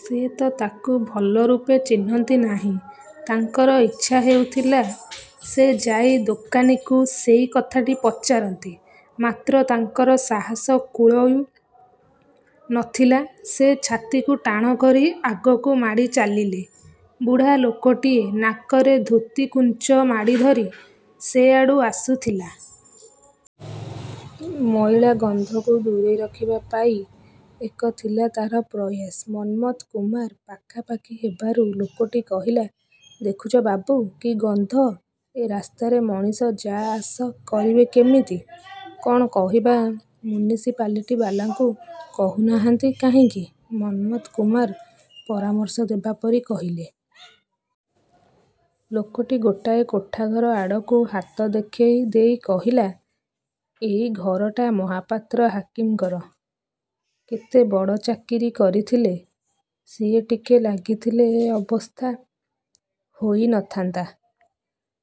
ସେ ତ ତାକୁ ଭଲ ରୂପେ ଚିହ୍ନନ୍ତି ନାହିଁ! ତାଙ୍କର ଇଚ୍ଛା ହେଉଥିଲା, ସେ ଯାଇ ଦୋକାନୀକୁ ସେଇ କଥାଟି ପଚାରନ୍ତି। ମାତ୍ର ତାଙ୍କର ସାହସ କୁଳଉ ନଥିଲା। ସେ ଛାତିକୁ ଟାଣ କରି ଆଗକୁ ମାଡ଼ି ଚାଲିଲେ। ବୁଢ଼ା ଲୋକଟିଏ ନାକରେ ଧୋତିକୁଞ୍ଚ ମାଡ଼ିଧରି ସେଆଡ଼ୁ ଆସୁଥିଲା। ମଇଳା ଗନ୍ଧକୁ ଦୂରେଇ ରଖିବା ପାଇ ଏକ ଥିଲା ତାର ପ୍ରୟାସ। ମନ୍ମଥ କୁମାର ପାଖାପାଖି ହେବାରୁ ଲୋକଟି କହିଲା, ଦେଖୁଛ ବାବୁ, କି ଗନ୍ଧ! ଏ ରାସ୍ତାରେ ମଣିଷ ଯା ଆସ କରିବେ କେମିତି? କଣ କହିବା! ମ୍ୟୁନିସିପାଲିଟିବାଲାଙ୍କୁ କହୁନାହାନ୍ତି କାହିଁକି? ମନ୍ମଥ କୁମାର ପରାମର୍ଶ ଦେବା ପରି କହିଲେ। ଲୋକଟି ଗୋଟାଏ କୋଠାଘର ଆଡ଼କୁ ହାତ ଦେଖେଇ ଦେଇ କହିଲା, ଏଇ ଘରଟା ମହାପାତ୍ର ହାକିମଙ୍କର। କେତେ ବଡ଼ ଚାକିରି କରିଥିଲେ! ସିଏ ଟିକେ ଲାଗିଥିଲେ ଏ ଅବସ୍ଥା ହୋଇନଥାନ୍ତା!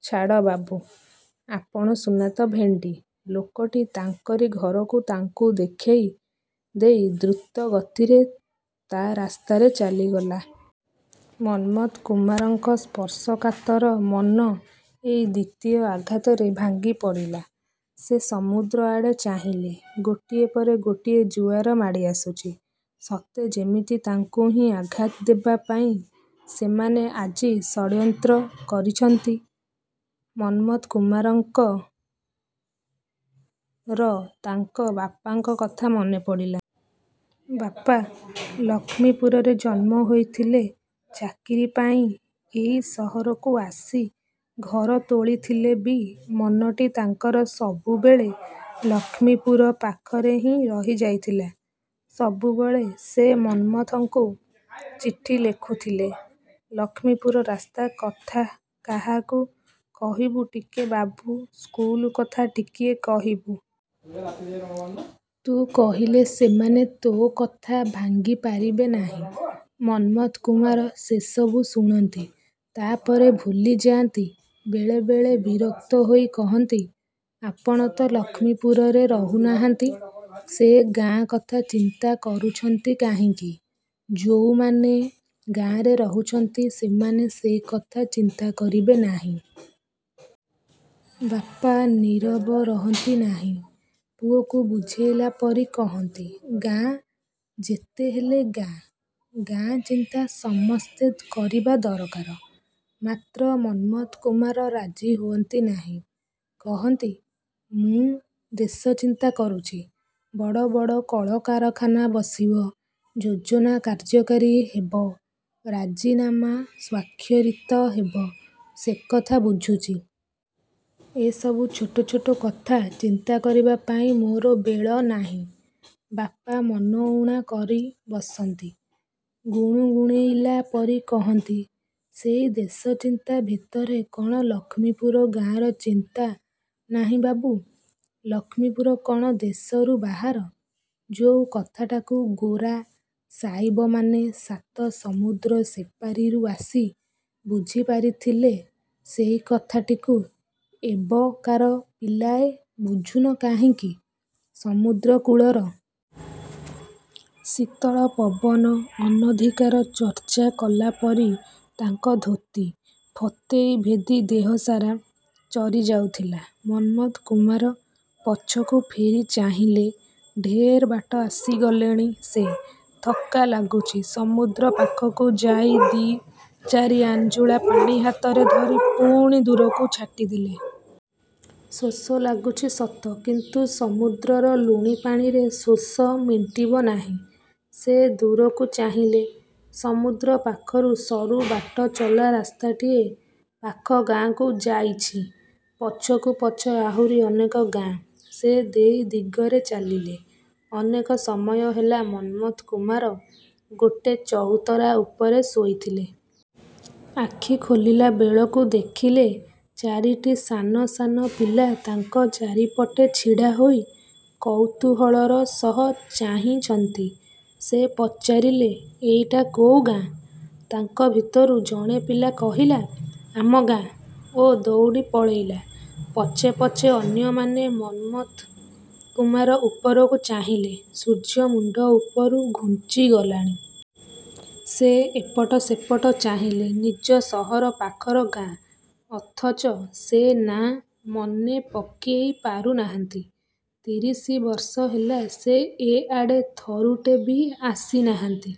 ଛାଡ଼ ବାବୁ । ଆପଣ ସୁନା ତ ଭେଣ୍ଡି! ଲୋକଟି ତାଙ୍କରି ଘରକୁ ତାଙ୍କୁ ଦେଖେଇ ଦେଇ ଦ୍ରୁତ ଗତିରେ ତା ରାସ୍ତାରେ ଚାଲିଗଲା। ମନ୍ମଥ କୁମାରଙ୍କ ସ୍ପର୍ଶକାତର ମନ ଏଇ ଦ୍ୱିତୀୟ ଆଘାତରେ ଭାଙ୍ଗିପଡ଼ିଲା। ସେ ସମୁଦ୍ର ଆଡ଼େ ଚାହିଁଲେ। ଗୋଟିଏ ପରେ ଗୋଟିଏ ଜୁଆର ମାଡ଼ି ଆସୁଛି। ସତେ ଯେମିତି ତାଙ୍କୁ ହିଁ ଆଘାତ ଦେବା ପାଇଁ ସେମାନେ ଆଜି ଷଡ୍ଯନ୍ତ୍ର କରିଛନ୍ତି। ମନ୍ମଥ କୁମାରଙ୍କର ତାଙ୍କ ବାପାଙ୍କ କଥା ମନେ ପଡ଼ିଲା। ବାପା ଲକ୍ଷ୍ମୀପୁରରେ ଜନ୍ମ ହୋଇଥିଲେ। ଚାକିରି ପାଇଁ ଏଇ ସହରକୁ ଆସି ଘର ତୋଳିଥିଲେ ବି ମନଟି ତାଙ୍କର ସବୁବେଳେ ଲକ୍ଷ୍ମୀପୁର ପାଖରେ ହିଁ ରହିଯାଇଥିଲା। ସବୁବେଳେ ସେ ମନ୍ମଥଙ୍କୁ ଚିଠି ଲେଖୁଥିଲେ, ଲକ୍ଷ୍ମୀପୁର ରାସ୍ତା କଥା କାହାକୁ କହିବୁ ଟିକେ ବାବୁ, ସ୍କୁଲ କଥା ଟିକିଏ କହିବୁ। ତୁ କହିଲେ ସେମାନେ ତୋ କଥା ଭାଙ୍ଗି ପାରିବେ ନାହିଁ। ମନ୍ମଥ କୁମାର ସେସବୁ ଶୁଣନ୍ତି, ତାପରେ ଭୁଲିଯାଆନ୍ତି। ବେଳେ ବେଳେ ବିରକ୍ତ ହୋଇ କହନ୍ତି, ଆପଣ ତ ଲକ୍ଷ୍ମୀପୁରରେ ରହୁ ନାହାନ୍ତି। ସେ ଗାଁ କଥା ଚିନ୍ତା କରୁଛନ୍ତି କାହିଁକି? ଯୋଉମାନେ ଗାଁରେ ରହୁଛନ୍ତି ସେମାନେ ସେକଥା ଚିନ୍ତା କରିବେ ନାହିଁ! ବାପା ନିରବ ରହନ୍ତି ନାହିଁ। ପୁଅକୁ ବୁଝେଇଲା ପରି କହନ୍ତି, ଗାଁ ଯେତେ ହେଲେ ଗାଁ। ଗାଁ ଚିନ୍ତା ସମସ୍ତେ କରିବା ଦରକାର। ମାତ୍ର ମନ୍ମଥ କୁମାର ରାଜି ହୁଅନ୍ତି ନାହିଁ। କହନ୍ତି, ମୁଁ ଦେଶ ଚିନ୍ତା କରୁଚି। ବଡ଼ ବଡ଼ କଳକାରଖାନା ବସିବ, ଯୋଜନା କାର୍ଯ୍ୟକାରୀ ହେବ, ରାଜିନାମା ସ୍ୱାକ୍ଷରିତ ହେବ, ସେକଥା ବୁଝୁଚି। ଏସବୁ ଛୋଟ ଛୋଟ କଥା ଚିନ୍ତା କରିବା ପାଇଁ ମୋର ବେଳ ନାହିଁ। ବାପା ମନ ଊଣା କରି ବସନ୍ତି। ଗୁଣୁଗୁଣେଇଲା ପରି କହନ୍ତି, ସେଇ ଦେଶ ଚିନ୍ତା ଭିତରେ କଣ ଲକ୍ଷ୍ମୀପୁର ଗାଁର ଚିନ୍ତା ନାହିଁ ବାବୁ? ଲକ୍ଷ୍ମୀପୁର କଣ ଦେଶରୁ ବାହାର? ଯୋଉ କଥାଟାକୁ ଗୋରା ସାଇବମାନେ ସାତ ସମୁଦ୍ର ସେପାରିରୁ ଆସି ବୁଝି ପାରିଥିଲେ ସେଇ କଥାଟିକୁ ଏବକାର ପିଲାଏ ବୁଝୁନ କାହିଁକି? ସମୁଦ୍ରକୂଳର ଶୀତଳ ପବନ ଅନଧିକାର ଚର୍ଚ୍ଚା କଲା ପରି ତାଙ୍କ ଧୋତି, ଫତେଇ ଭେଦି ଦେହ ସାରା ଚରିଯାଉଥିଲା। ମନ୍ମଥ କୁମାର ପଛକୁ ଫେରି ଚାହିଁଲେ। ଢେର୍ ବାଟ ଆସିଗଲେଣି ସେ। ଥକ୍କା ଲାଗୁଚି। ସମୁଦ୍ର ପାଖକୁ ଯାଇ ଦି ଚାରି ଆଞ୍ଜୁଳା ପାଣି ହାତରେ ଧରି ପୁଣି ଦୂରକୁ ଛାଟିଦେଲେ। ଶୋଷ ଲାଗୁଛି ସତ, କିନ୍ତୁ ସମୁଦ୍ରର ଲୁଣି ପାଣିରେ ଶୋଷ ମେଣ୍ଟିବ ନାହିଁ। ସେ ଦୂରକୁ ଚାହିଁଲେ, ସମୁଦ୍ର ପାଖରୁ ସରୁ ବାଟଚଲା ରାସ୍ତାଟିଏ ପାଖ ଗାଁକୁ ଯାଇଛି। ପଛକୁ ପଛ ଆହୁରି ଅନେକ ଗାଁ। ସେ ଦେଇ ଦିଗରେ ଚାଲିଲେ। ଅନେକ ସମୟ ହେଲା ମନ୍ମଥ କୁମାର ଗୋଟେ ଚଉତରା ଉପରେ ଶୋଇଥିଲେ। ଆଖି ଖୋଲିଲାବେଳକୁ ଦେଖିଲେ, ଚାରିଟି ସାନ ସାନ ପିଲା ତାଙ୍କ ଚାରିପଟେ ଛିଡ଼ାହୋଇ କୌତୂହଳର ସହ ଚାହିଁଛନ୍ତି। ସେ ପଚାରିଲେ, ଏଇଟା କୋଉ ଗାଁ? ତାଙ୍କ ଭିତରୁ ଜଣେ ପିଲା କହିଲା, ଆମ ଗାଁ ଓ ଦଉଡ଼ି ପଳେଇଲା। ପଛେ ପଛେ ଅନ୍ୟମାନେ ମନ୍ମଥ କୁମାର ଉପରକୁ ଚାହିଁଲେ, ସୂର୍ଯ୍ୟ ମୁଣ୍ଡ ଉପରୁ ଘୁଞ୍ଚିଗଲାଣି। ସେ ଏପଟ ସେପଟ ଚାହିଁଲେ। ନିଜ ସହର ପାଖର ଗାଁ, ଅଥଚ ସେ ନାଁ ମନେପକେଇ ପାରୁ ନାହାନ୍ତି। ତିରିଶ ବର୍ଷ ହେଲା ସେ ଏ ଆଡ଼େ ଥରୁଟେ ବି ଆସିନାହାନ୍ତି।